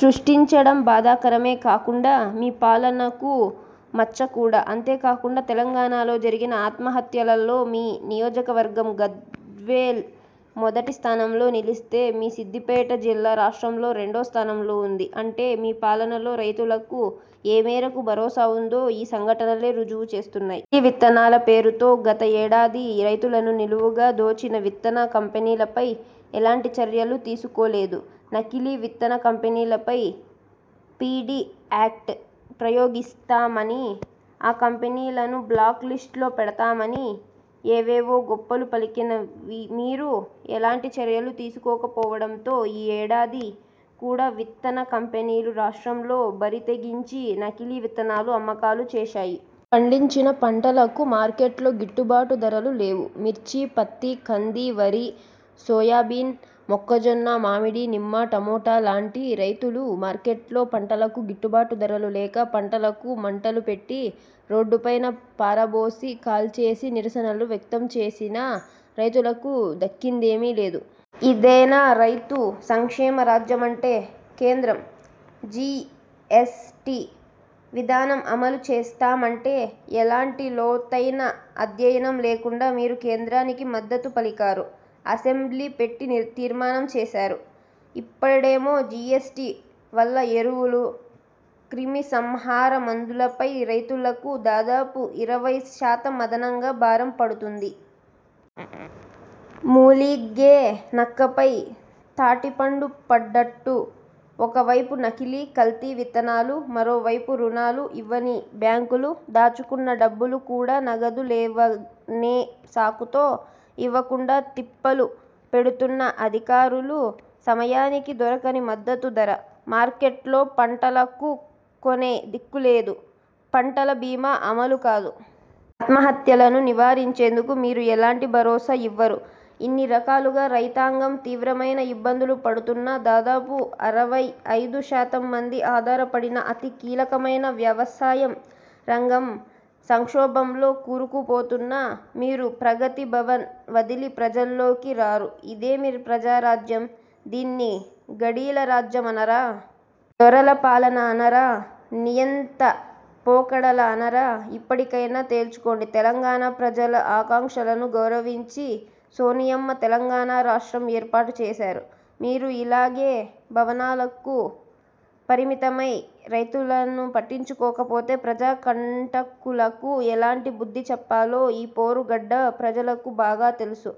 సృష్టించడం బాధాకరమే కాకుండా మీ పాలనకు మచ్చ కూడా. అంతేకాకుండా తెలంగాణలో జరిగిన ఆత్మహత్యలలో మీ నియోజకవర్గం గజ్వేల్ మొదటి స్థానంలో నిలిస్తే మీ సిద్దిపేట జిల్లా రాష్ట్రంలో రెండో స్థానంలో ఉంది. అంటే మీ పాలనలో రైతులకు ఏ మేరకు భరోసా ఉందో ఈ సంఘటనలే రుజువు చేస్తున్నాయి. నకిలీ విత్తనాల పేరుతో గత ఏడాది రైతులను నిలువుగా దోచిన విత్తన కంపెనీలపై ఎలాంటి చర్యలు తీసుకోలేదు. నకిలీ విత్తన కంపెనీలపై పి. డి యాక్డు ప్రయోగిస్తామనీ, ఆ కంపెనీలను బ్లాక్ లిస్టులో పెడతామనీ, ఏవేవో గొప్పలు పలికిన వి మీరు ఎలాంటి చర్యలు తీసుకోకపోవడంతో ఈ ఏడాది కూడా విత్తన కంపెనీలు రాష్ట్రంలో బరితెగించి నకిలీ విత్తనాలు అమ్మకాలు చేశాయి. పండించిన పంటలకు మార్కెట్లలో గిట్టుబాటు ధరలు లేవు. మిర్చి, పత్తి, కంది, వరి, సోయాబీన్, మొక్కజొన్న, మామిడి, నిమ్మ, టమాట లాంటి రైతులు మార్కెట్లలో పంటలకు గిట్టుబాటు ధరలు లేక, పంటలకు మంటలు పెట్టి, రోడ్డుపైన పారబోసి, కాల్చేసి నిరసనలు వ్యక్తం చేసినా రైతులకు దక్కిందేమీ లేదు. ఇదేనా రైతు సంక్షేమ రాజ్యం అంటే? కేంద్రం జి. ఎస్. టి విధానం అమలు చేస్తామంటే ఎలాంటి లోతైన అధ్యయనం లేకుండా మీరు కేంద్రానికి మద్దతు పలికారు, అసెంబ్లీ పెట్టి తీర్మానం చేశారు. ఇప్పడేమో జి. ఎస్. టి వల్ల ఎరువులు, క్రిమిసంహార మందులపై రైతులకు దాదాపు ఇరవై శాతం అదనంగా భారం పడుతుంది. మూలిగే నక్కపై తాటిపండు పడ్డట్టు, ఒకవైపు నకిలీ, కల్తీ విత్తనాలు, మరోవైపు రుణాలు ఇవ్వని బ్యాంకులు, దాచుకున్న డబ్బులు కూడా నగదు లేవనే సాకుతో ఇవ్వకుండా తిప్పలు పెడుతున్న అధికారులు, సమయానికి దొరకని మద్దతు ధర, మార్కెట్లలో పంటలకు కొనే దిక్కులేదు, పంటల బీమా అమలు కాదు. ఆత్మహత్యలను నివారించేందుకు మీరు ఎలాంటి భరోసా ఇవ్వరు, ఇన్ని రకాలుగా రైతాంగం తీవ్రమైన ఇబ్బందులు పడుతున్నా, దాదాపు అరవై ఐదు శాతం మంది ఆధారపడిన అతి కీలకమైన వ్యవసాయం రంగం సంక్షోభంలో కూరుకుపోతున్నా, మీరు ప్రగతిభవన్ వదిలి ప్రజల్లోకి రారు. ఇదేమి ప్రజా రాజ్యం. దీన్ని గడీల రాజ్యం అనరా? దొరల పాలన అనరా? నియంత పోకడలు అనరా? ఇప్పటికైనా తేల్చుకోండి. తెలంగాణ ప్రజల ఆకాంక్షలను గౌరవించి సోనియమ్మ తెలంగాణ రాష్ట్రం ఏర్పాటు చేశారు. మీరు ఇలాగే భవనాలకు పరిమితమై రైతులను పట్టించుకోకపోతే ప్రజా కంటకులకు ఎలాంటి బుద్ధి చెప్పాలో ఈ పోరు గడ్డ ప్రజలకు బాగా తెలుసు.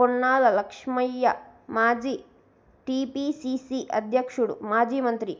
పొన్నాల లక్ష్మయ్యమాజీ టిపిసిసి అధ్యక్షుడు, మాజీ మంత్రి